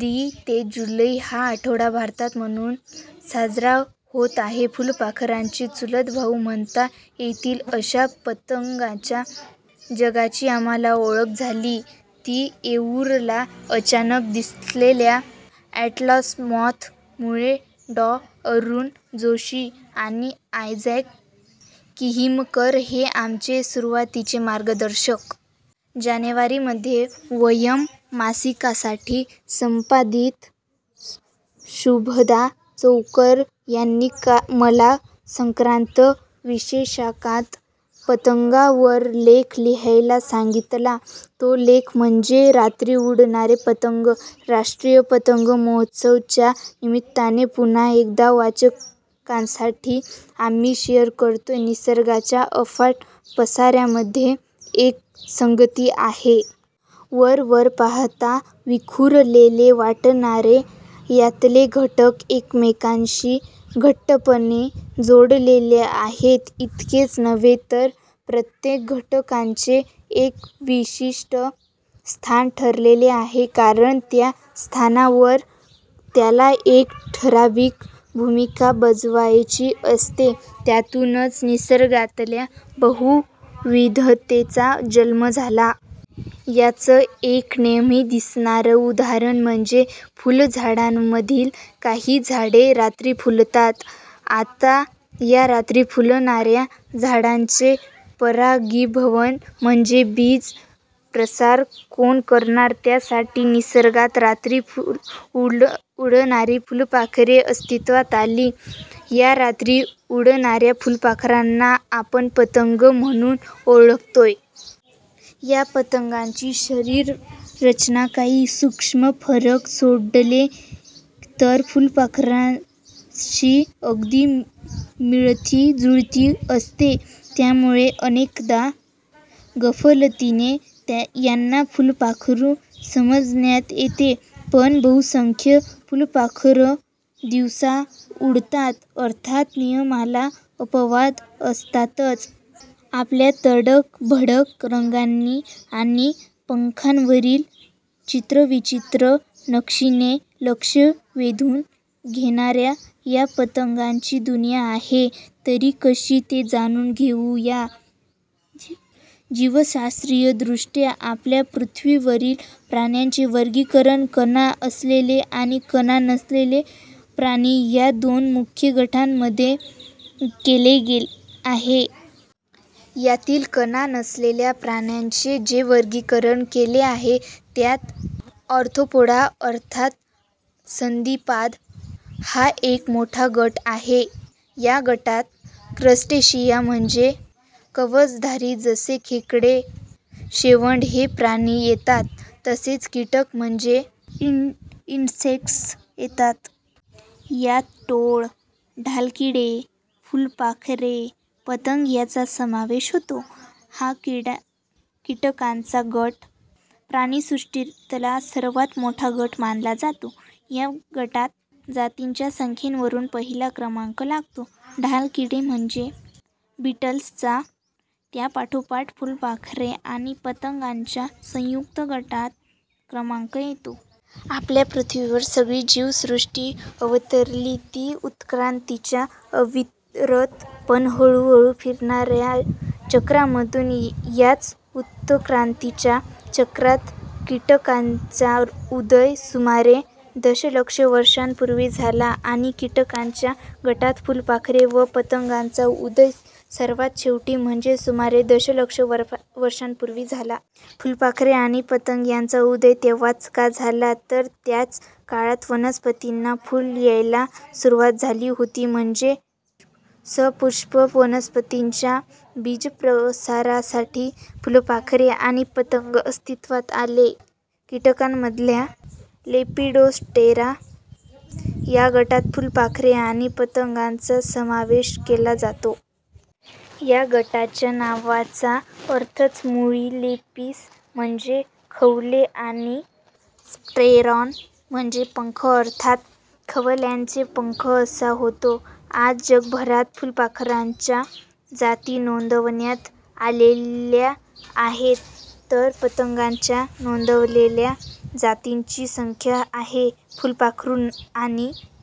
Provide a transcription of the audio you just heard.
दि. ते जुलै हा आठवडा भारतात म्हणून साजरा होत आहे. फुलपाखरांचे चुलतभाऊ म्हणता येतील अशा पतंगांच्या जगाची आम्हांला ओळख झाली, ती येऊरला अचानक दिसलेल्या अॅटलास मॉथ मुळे. डॉ. अरूण जोशी आणि आयझॅक किहीमकर हे आमचे सुरुवातीचे मार्गदर्शक. जानेवारी मध्ये ''वयम्'' मासिकासाठी संपादिका शुभदा चौकर यांनी मला संक्रांत विशेषांकात ''पतंगां''वर लेख लिहायला सांगितला, तो लेख म्हणजे- 'रात्री उडणारे पतंग'. 'राष्ट्रीय ''पतंग'' महोत्सव 'च्या निमित्ताने पुन्हा एकदा वाचकांसाठी आम्ही शेअर करतोय- निसर्गाच्या अफाट पसाऱ्यामध्ये एक संगती आहे. वर वर पाहता विखुरलेले वाटणारे यातले घटक एकमेकांशी घट्टपणे जोडलेले आहेत. इतकेच नव्हे तर प्रत्येक घटकाचे एक विशिष्ठ स्थान ठरलेलं आहे, कारण त्या स्थानावर त्याला एक ठराविक भूमिका बजावायची असते. यातूनच निसर्गातल्या बहुविधतेचा जन्म झाला. याचं एक नेहमी दिसणारं उदाहरण म्हणजे, फुलझाडांमधील काही झाडे रात्री फुलतात. आता या रात्री फुलणाऱ्या झाडांचे परागीभवन म्हणजे बीज प्रसार कोण करणार? त्यासाठी निसर्गात रात्री उडणारी फुलपाखरे अस्तित्वात आली. या रात्री उडणाऱ्या फुलपाखरांना आपण 'पतंग' म्हणून ओळखतो. या पतंगांची शरीर रचना काही सूक्ष्म फरक सोडले तर फुलपाखरांशी अगदी मिळती जुळती असते, त्यामुळे अनेकदा गफलतीने यांना फुलपाखरू समजण्यात येते. पण बहुसंख्य फुलपाखरं दिवसा उडतात. अर्थात नियमाला अपवाद असतातच. आपल्या तडक भडक रंगांनी आणि पंखांवरील चित्रविचित्र नक्षिने लक्ष वेधून घेणाऱ्या या पतंगांची दुनिया आहे तरी कशी ते जाणून घेऊ या जीवशास्त्रीय दृष्ट्या आपल्या पृथ्वीवरील प्राण्यांचे वर्गिकरण कणा असलेले आणि कणा नसलेले प्राणी या दोन मुख्य गटांमध्ये केले आहे. यातील कणा नसलेल्या प्राण्यांचे जे वर्गिकरण केले आहे, त्यात ऑर्थोपोडा अर्थात संधिपाद हा एक मोठा गट आहे. या गटात क्रस्टेशिया म्हणजे कवचधारी जसे खेकडे, शेवंड हे प्राणी येतात तसेच कीटक म्हणजे इन्सेक्टस येतात. यांत टोळ, ढालकिडे, फुलपाखरे, पतंग यांचा समावेश होतो. हा कीटकांचा गट प्राणिसृष्टीतला सर्वात मोठा गट मानला जातो. या गटात जातींच्या संख्येवरुन पहिला क्रमांक लागतो ढालकिडे म्हणजे बिटल्सचा. त्यापाठोपाठ फुलपाखरे आणि पतंगांच्या संयुक्त गटाचा क्रमांक येतो. आपल्या पृथ्वीवर सगळी जीवसृष्टी अवतरली ती उत्क्रांतीच्या अविरत पण हळूहळू फिरणाऱ्या चक्रामधून. याच उतक्रांतीच्या चक्रात कीटकांचा उदय सुमारे दशलक्ष वर्षांपूर्वी झाला आणि किटकांच्या गटात फुलपाखरे व पतंगांचा उदय सर्वात शेवटी म्हणजे सुमारे दशलक्ष वर्षांपूर्वी झाला. फुलपाखरे आणि पतंग यांचा उदय तेव्हाच का झाला? तर त्याच काळात वनस्पतींना फुलं यायला सुरवात झाली होती, म्हणजे सपुष्प वनस्पतींच्या बीजप्रसारासाठी फुलपाखरे आणी पतंग अस्तित्वात आले. कीटकांमधल्या लेपिडोप्टेरा या गटात फुलपाखरे आणि पतंगांचा समावेश केला जातो. या गटाच्या नावाचा अर्थच मुळी लेपिस म्हणजे खवले आणि प्टेरॉन म्हणजे पंख अर्थात खवल्यांचे पंख असा होतो. आज जगभरात फुलपाखरांच्या जाती नोंदवण्यात आलेल्या आहेत, तर पतंगांच्या नोंदवलेल्या जातींची संख्या आहे. फुलपाखरू आणि